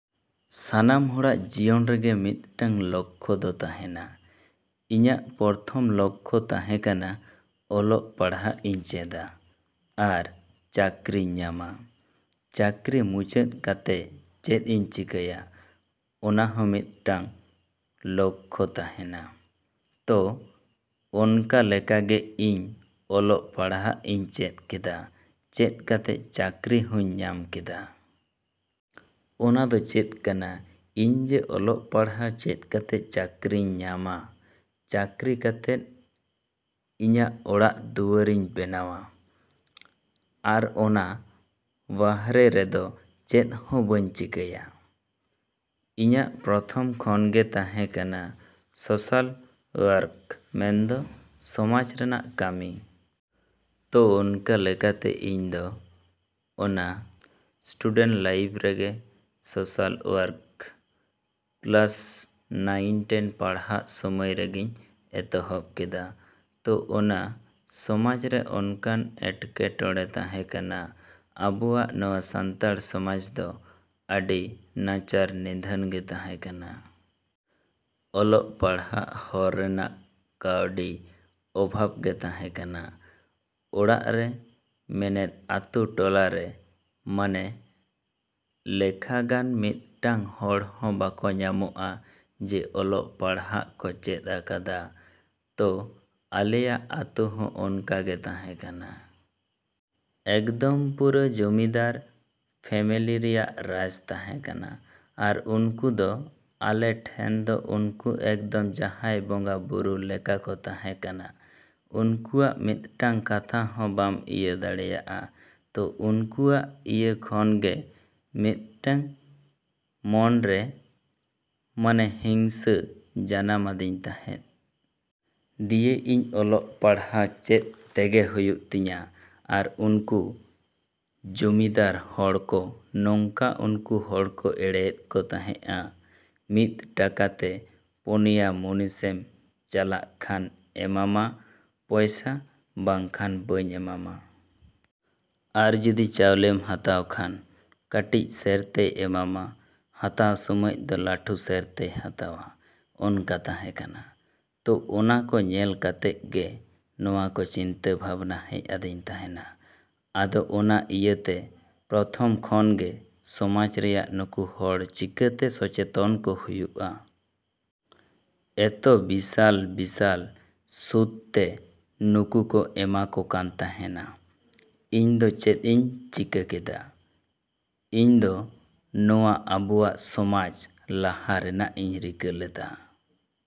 ‎ᱥᱟᱱᱟᱢ ᱦᱚᱲᱟᱜ ᱡᱤᱭᱚᱱ ᱨᱮᱜᱮ ᱢᱤᱫᱴᱮᱱ ᱞᱚᱠᱠᱷᱚ ᱫᱚ ᱛᱟᱸᱦᱮᱱᱟ᱾ ᱤᱧᱟᱹᱜ ᱯᱨᱚᱛᱷᱚᱢ ᱞᱚᱠᱠᱷᱚ ᱛᱟᱸᱦᱮ ᱠᱟᱱᱟ ᱚᱞᱚᱜ ᱯᱟᱲᱦᱟᱜ ᱤᱧ ᱪᱮᱫᱟ, ᱟᱨ ᱪᱟᱹᱠᱨᱤᱧ ᱧᱟᱢᱟ? ᱪᱟᱹᱠᱨᱤ ᱢᱩᱪᱟᱹᱫ ᱠᱟᱛᱮᱫ ᱪᱮᱫ ᱤᱧ ᱪᱤᱠᱟᱹᱭᱟ ᱚᱱᱟ ᱦᱚᱸ ᱢᱤᱫᱴᱮᱱ ᱞᱚᱠᱠᱷᱚ ᱛᱟᱸᱦᱮᱱᱟ᱾ ᱛᱚ ᱚᱱᱠᱟ ᱞᱮᱠᱟᱜᱮ ᱤᱧ ᱚᱞᱚᱜ ᱯᱟᱲᱦᱟᱜ ᱤᱧ ᱪᱮᱫ ᱠᱮᱫᱟ, ᱪᱮᱫ ᱠᱟᱛᱮ ᱪᱟᱹᱠᱨᱤ ᱦᱚᱧ ᱧᱟᱢ ᱠᱮᱫᱟ᱾ ᱚᱱᱟ ᱫᱚ ᱪᱮᱫ ᱠᱟᱱᱟ ᱤᱧ ᱡᱮ ᱚᱞᱚᱜ ᱯᱟᱲᱦᱟᱜ ᱪᱮᱫ ᱠᱟᱛᱮᱜ ᱪᱟᱹᱠᱨᱤᱧ ᱧᱟᱢᱟ, ᱪᱟᱹᱠᱨᱤ ᱠᱟᱛᱮᱜ ᱤᱧᱟᱹᱜ ᱚᱲᱟᱜ ᱫᱩᱣᱟᱹᱨ ᱤᱧ ᱵᱮᱱᱟᱣᱟ᱾ ᱟᱨ ᱚᱱᱟ ᱵᱟᱦᱨᱮ ᱨᱮᱫᱚ ᱪᱮᱫ ᱦᱚᱸ ᱵᱟᱹᱧ ᱪᱤᱠᱟᱭᱟ᱾ ᱤᱧᱟᱹᱜ ᱯᱨᱚᱛᱷᱚᱢ ᱠᱷᱚᱱ ᱜᱮ ᱛᱟᱸᱦᱮ ᱠᱟᱱᱟ ᱥᱚᱥᱟᱞ ᱣᱚᱨᱠ ᱢᱮᱱᱫᱚ ᱥᱚᱢᱟᱡ ᱨᱮᱱᱟᱜ ᱠᱟᱹᱢᱤ᱾ ᱛᱚ ᱚᱱᱠᱟ ᱞᱮᱠᱟᱛᱮ ᱤᱧ ᱫᱚ ᱚᱱᱟ ᱥᱴᱩᱰᱮᱱᱴ ᱞᱟᱭᱤᱯᱷ ᱨᱮᱜᱮ social work class nine ten ᱯᱟᱲᱦᱟᱜ ᱥᱚᱢᱚᱭ ᱨᱮᱜᱤᱧ ᱮᱦᱚᱵ ᱠᱮᱫᱟ᱾ ᱛᱚ ᱚᱱᱟ ᱥᱚᱢᱟᱡᱽ ᱨᱮ ᱚᱱᱠᱟᱱ ᱮᱴᱠᱮ ᱴᱚᱬᱮ ᱛᱟᱸᱦᱮ ᱠᱟᱱᱟ᱾ ᱟᱵᱚᱣᱟᱜ ᱱᱚᱣᱟ ᱥᱟᱱᱛᱟᱲ ᱥᱚᱢᱟᱡᱽ ᱫᱚ ᱟᱹᱰᱤ ᱱᱟᱪᱟᱨ ᱱᱤᱫᱷᱟᱹᱱ ᱜᱮ ᱛᱟᱸᱦᱮ ᱠᱟᱱᱟ᱾ ᱚᱞᱚᱜ ᱯᱟᱲᱦᱟᱜ ᱦᱚᱨ ᱨᱮᱱᱟᱜ ᱠᱟᱹᱣᱰᱤ ᱚᱵᱷᱟᱵᱽ ᱜᱮ ᱛᱟᱸᱦᱮ ᱠᱟᱱᱟ᱾ ᱚᱲᱟᱜ ᱨᱮ ᱢᱮᱱᱮᱫ ᱟᱹᱛᱩ ᱴᱚᱞᱟᱨᱮ ᱢᱟᱱᱮ ᱞᱮᱠᱷᱟ ᱜᱟᱱ ᱢᱤᱫᱴᱮᱱ ᱦᱚᱲ ᱦᱚᱸ ᱵᱟᱠᱚ ᱧᱟᱢᱚᱜᱼᱟ ᱡᱮ ᱚᱞᱚᱜ ᱯᱟᱲᱦᱟᱜ ᱠᱚ ᱪᱮᱫ ᱟᱠᱟᱫᱟ᱾ ᱛᱚ ᱟᱞᱮᱭᱟᱜ ᱟᱹᱛᱩ ᱦᱚᱸ ᱚᱱᱠᱟ ᱜᱮ ᱛᱟᱸᱦᱮ ᱠᱟᱱᱟ᱾ ᱮᱠᱫᱚᱢ ᱯᱩᱨᱟᱹ ᱡᱚᱢᱤᱫᱟᱨ ᱯᱷᱮᱢᱮᱞᱤ ᱨᱮᱭᱟᱜ ᱨᱟᱡᱽ ᱛᱟᱸᱦᱮ ᱠᱟᱱᱟ ᱟᱨ ᱩᱱᱠᱩ ᱫᱚ ᱟᱞᱮ ᱴᱷᱮᱱ ᱫᱚ ᱩᱱᱠᱩ ᱮᱠᱫᱚᱢ ᱡᱟᱸᱦᱟᱭ ᱵᱚᱸᱜᱟ ᱵᱩᱨᱩ ᱞᱮᱠᱟ ᱠᱚ ᱛᱟᱸᱦᱮ ᱠᱟᱱᱟ᱾ ᱩᱱᱠᱩ ᱟᱜ ᱢᱤᱫᱴᱮᱱ ᱠᱟᱛᱷᱟ ᱦᱚᱸ ᱵᱟᱢ ᱤᱭᱟᱹ ᱫᱟᱲᱮᱭᱟᱜᱼᱟ᱾ ᱛᱚ ᱩᱱᱠᱩᱣᱟᱜ ᱤᱭᱟᱹ ᱠᱷᱚᱱᱜᱮ ᱢᱤᱫᱴᱮᱱ ᱢᱚᱱᱨᱮ ᱢᱟᱱᱮ ᱦᱤᱝᱥᱟ ᱡᱟᱱᱟᱢ ᱟᱫᱤᱧ ᱛᱟᱸᱦᱮᱜ᱾ ᱫᱤᱭᱮ ᱤᱧ ᱚᱞᱚᱜ ᱯᱟᱲᱦᱟᱜ ᱪᱮᱫ ᱛᱮᱜᱮ ᱦᱩᱭᱩᱜ ᱛᱤᱧᱟ ᱟᱨ ᱩᱱᱠᱩ ᱡᱚᱢᱤᱫᱟᱨ ᱦᱚᱲ ᱠᱚ ᱱᱚᱝᱠᱟ ᱩᱱᱠᱩ ᱦᱚᱲ ᱠᱚ ᱮᱲᱮᱭᱮᱫ ᱠᱚ ᱛᱟᱸᱦᱮᱜᱼᱟ᱾ ᱢᱤᱫ ᱴᱟᱠᱟ ᱛᱮ ᱯᱩᱱᱭᱟ ᱢᱩᱱᱤᱥ ᱮᱢ ᱪᱟᱞᱟᱜ ᱠᱷᱟᱱ ᱮᱢᱟᱢᱟ ᱯᱚᱭᱥᱟ ᱵᱟᱠᱷᱟᱱ ᱵᱟᱹᱧ ᱮᱢᱟᱢᱟ᱾ ᱟᱨ ᱡᱚᱫᱤ ᱪᱟᱣᱞᱮᱢ ᱦᱟᱛᱟᱣ ᱠᱷᱟᱱ ᱠᱟᱹᱴᱤᱡ ᱥᱮᱨ ᱛᱮᱭ ᱮᱢᱟᱢᱟ ᱦᱟᱛᱟᱣ ᱥᱚᱢᱚᱭ ᱫᱚ ᱞᱟᱹᱴᱩ ᱥᱮᱨ ᱛᱮᱭ ᱦᱟᱛᱟᱣᱟ ᱚᱱᱠᱟ ᱛᱟᱸᱦᱮ ᱠᱟᱱᱟ᱾ ᱛᱚ ᱚᱱᱟ ᱠᱚ ᱧᱮᱞ ᱠᱟᱛᱮᱜ ᱜᱮ ᱱᱚᱣᱟ ᱠᱚ ᱪᱤᱱᱛᱟᱹ ᱵᱷᱟᱵᱽᱱᱟ ᱦᱮᱡ ᱟᱹᱫᱤᱧ ᱛᱟᱸᱦᱮᱱᱟ᱾ ᱟᱫᱚ ᱚᱱᱟ ᱤᱭᱟᱹᱛᱮ ᱯᱨᱚᱛᱷᱚᱢ ᱠᱷᱚᱱ ᱜᱮ ᱥᱚᱢᱟᱡᱽ ᱨᱮᱭᱟᱜ ᱱᱩᱠᱩ ᱦᱚᱲ ᱪᱤᱠᱟᱹᱛᱮ ᱥᱚᱪᱮᱛᱚᱱ ᱠᱚ ᱦᱩᱭᱩᱜᱼᱟ᱾ ᱮᱛᱚ ᱵᱤᱥᱟᱞ ᱵᱤᱥᱟᱞ ᱥᱩᱫ ᱛᱮ ᱱᱩᱠᱩ ᱠᱚ ᱮᱢᱟ ᱠᱚ ᱠᱟᱱ ᱛᱟᱸᱦᱮᱱᱟ᱾ ᱤᱧ ᱫᱚ ᱪᱮᱫ ᱤᱧ ᱪᱤᱠᱟ. ᱠᱮᱫᱟ? ᱤᱧ ᱫᱚ ᱱᱚᱣᱟ ᱟᱵᱚᱣᱟᱜ ᱥᱚᱢᱟᱡᱽ ᱞᱟᱦᱟ ᱨᱮᱱᱟᱜ ᱤᱧ ᱨᱤᱠᱟ. ᱞᱮᱫᱟ᱾